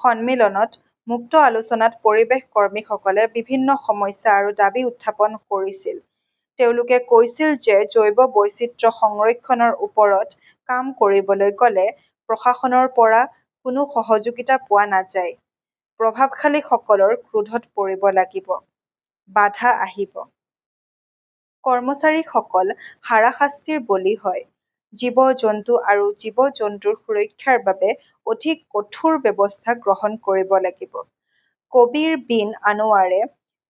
সন্মিলনত মুক্ত আলোচনাত পৰিৱেশ কৰ্মীসকলে বিভিন্ন সমস্যা আৰু দাবী উত্থাপন কৰিছিল। তেওঁলোকে কৈছিল যে জৈৱ বৈচিত্ৰ্য সংৰক্ষণৰ ওপৰত কাম কৰিবলৈ গ'লে প্ৰশাসনৰ পৰা কোনো সহযোগিতা পোৱা নাযায়। প্ৰভাৱশালীসকলৰ ক্ৰোধত পৰিব লাগিব, বাধা আহিব। কৰ্মচাৰীসকল হাৰাশাস্তিৰ বলি হয়। জীৱ-জন্তু আৰু জীৱ-জন্তুৰ সুৰক্ষাৰ বাবে অধিক কঠোৰ ব্যৱস্থা গ্ৰহণ কৰিব লাগিব। কবীৰ বিন আনৱাৰে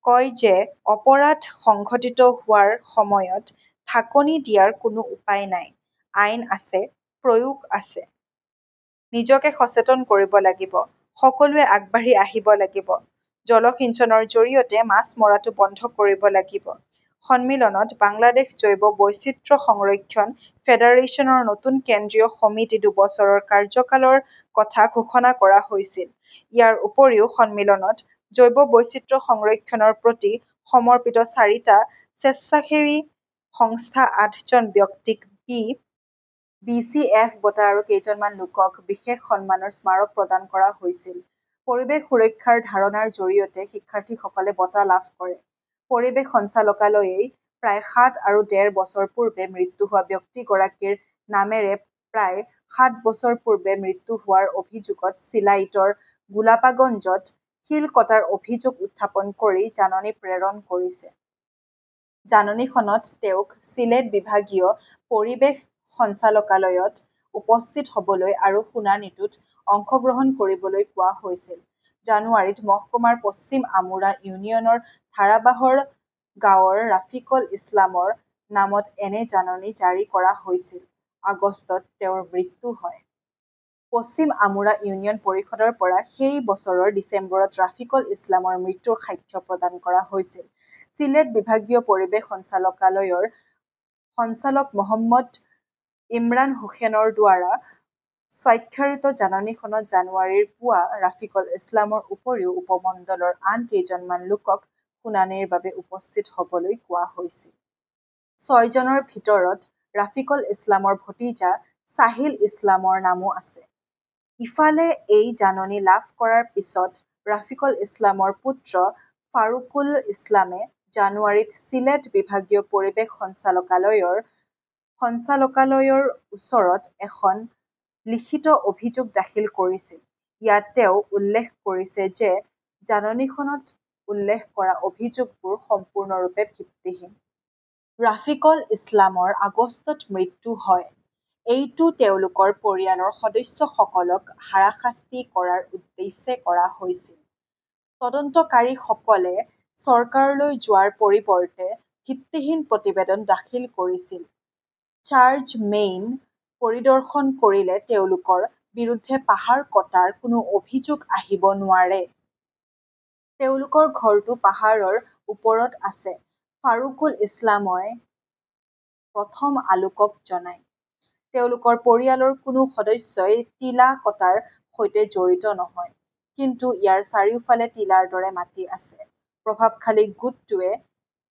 কয় যে অপৰাধ সংঘটিত হোৱাৰ সময়ত ঢাকনি দিয়াৰ কোনো উপায় নাই। আইন আছে, প্ৰয়োগ আছে। নিজকে সচেতন কৰিব লাগিব। সকলোৱে আগবাঢ়ি আহিব লাগিব। জলসিঞ্চনৰ জৰিয়তে মাছ মৰাটো বন্ধ কৰিব লাগে। সন্মিলনত বাংলাদেশ জৈৱ বৈচিত্ৰ্য সংৰক্ষণ ফেডাৰেচনৰ নতুন কেন্দ্ৰীয় সমিতি দুবছৰৰ কাৰ্যকালৰ কথা ঘোষণা কৰা হৈছিল। ইয়াৰ উপৰিও সন্মিলনত জৈৱ বৈচিত্ৰ্য সংৰক্ষণৰ প্ৰতি সমৰ্পিত চাৰিটা স্বেচ্ছাসেৱী সংস্থা, আঠজন ব্যক্তিক বি. বি. চি. এফ. বঁটা আৰু কেইজনমান লোকক বিশেষ সন্মানৰ স্মাৰক প্ৰদান কৰা হৈছিল। পৰিৱেশ সুৰক্ষাৰ ধাৰণাৰ জৰিয়তে শিক্ষাৰ্থীসকলে বঁটা লাভ কৰে। পৰিৱেশ সঞ্চালকালয়ই প্ৰায় সাত আৰু ডেৰ বছৰ পূৰ্বে মৃত্যু হোৱা ব্যক্তিগৰাকীৰ নামেৰে প্ৰায় সাত বছৰ পূৰ্বে মৃত্যু হোৱাৰ অভিযোগত চিলাইটৰ গোলাপাগঞ্জত শিল কটাৰ অভিযোগ উত্থাপন কৰি জাননী প্ৰেৰণ কৰিছে। জাননীখনত তেওঁক চিলেট বিভাগীয় পৰিৱেশ সঞ্চালকালয়ত উপস্থিত হ'বলৈ আৰু শুনানিটোত অংশগ্ৰহণ কৰিবলৈ কোৱা হৈছিল। জানুৱাৰীত মহকুমাৰ পশ্চিম আমুৰা ইউনিয়নৰ ধাৰাবাহৰ গাঁৱৰ ৰাফিকল ইছলামৰ নামত এনে জাননী জাৰি কৰা হৈছিল। আগষ্টত তেওঁৰ মৃত্যু হয়। পশ্চিম আমুৰা ইউনিয়ন পৰিষদৰ পৰা সেই বছৰৰ ডিচেম্বৰত ৰাফিকল ইছলামৰ মৃত্যুৰ সাক্ষ্য প্ৰদান কৰা হৈছিল। চিলেট বিভাগীয় পৰিৱেশ সঞ্চালকালয়ৰ সঞ্চালক মহম্মদ এমৰান হোসেনৰ দ্বাৰা স্বাক্ষৰিত জাননীখনত জানুৱাৰীৰ পুৱা ৰাফিকল ইছলামৰ উপৰিও উপমণ্ডলৰ আন কেইজনমান লোকক শুনানিৰ বাবে উপস্থিত হ 'বলৈ কোৱা হৈছিল। ছয়জনৰ ভিতৰত ৰাফিকল ইছলামৰ ভতিজা ছাহিল ইছলামৰ নামো আছে। ইফালে, এই জাননী লাভ কৰাৰ পিছত ৰাফিকল ইছলামৰ পুত্ৰ ফাৰুকুল ইছলামে জানুৱাৰীত চিলেট বিভাগীয় পৰিৱেশ সঞ্চালকালয়ৰ সঞ্চালকালয়ৰ ওচৰত এখন লিখিত অভিযোগ দাখিল কৰিছিল। ইয়াত তেওঁ উল্লেখ কৰিছে যে জাননীখনত উল্লেখ কৰা অভিযোগবোৰ সম্পূৰ্ণৰূপে ভিত্তিহীন। ৰাফিকল ইছলামৰ আগষ্টত মৃত্যু হয়। এইটো তেওঁলোকৰ পৰিয়ালৰ সদস্যসকলক হাৰাশাস্তি কৰাৰ উদ্দেশ্যে কৰা হৈছিল। তদন্তকাৰীসকলে চৰকাৰলৈ যোৱাৰ পৰিৱৰ্তে ভিত্তিহীন প্ৰতিবেদন দাখিল কৰিছিল। চাৰ্জমেইন পৰিদৰ্শন কৰিলে তেওঁলোকৰ বিৰুদ্ধে পাহাৰ কটাৰ কোনো অভিযোগ আহিব নোৱাৰে। তেওঁলোকৰ ঘৰটো পাহাৰৰ ওপৰত আছে, ফাৰুকুল ইছলামই প্ৰথম আলোকক জনায়। তেওঁলোকৰ পৰিয়ালৰ কোনো সদস্যই টিলা কটাৰ সৈতে জড়িত নহয়। কিন্তু ইয়াৰ চাৰিওফালে টিলাৰ দৰে মাটি আছে। প্ৰভাৱশালী গোটটোৱে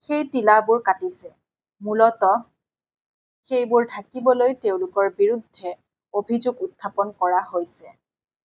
সেই টিলাবোৰ কাটিছে। মূলতঃ, সেইবোৰ ঢাকিবলৈ তেওঁলোকৰ বিৰুদ্ধে অভিযোগ উত্থাপন কৰা হৈছে।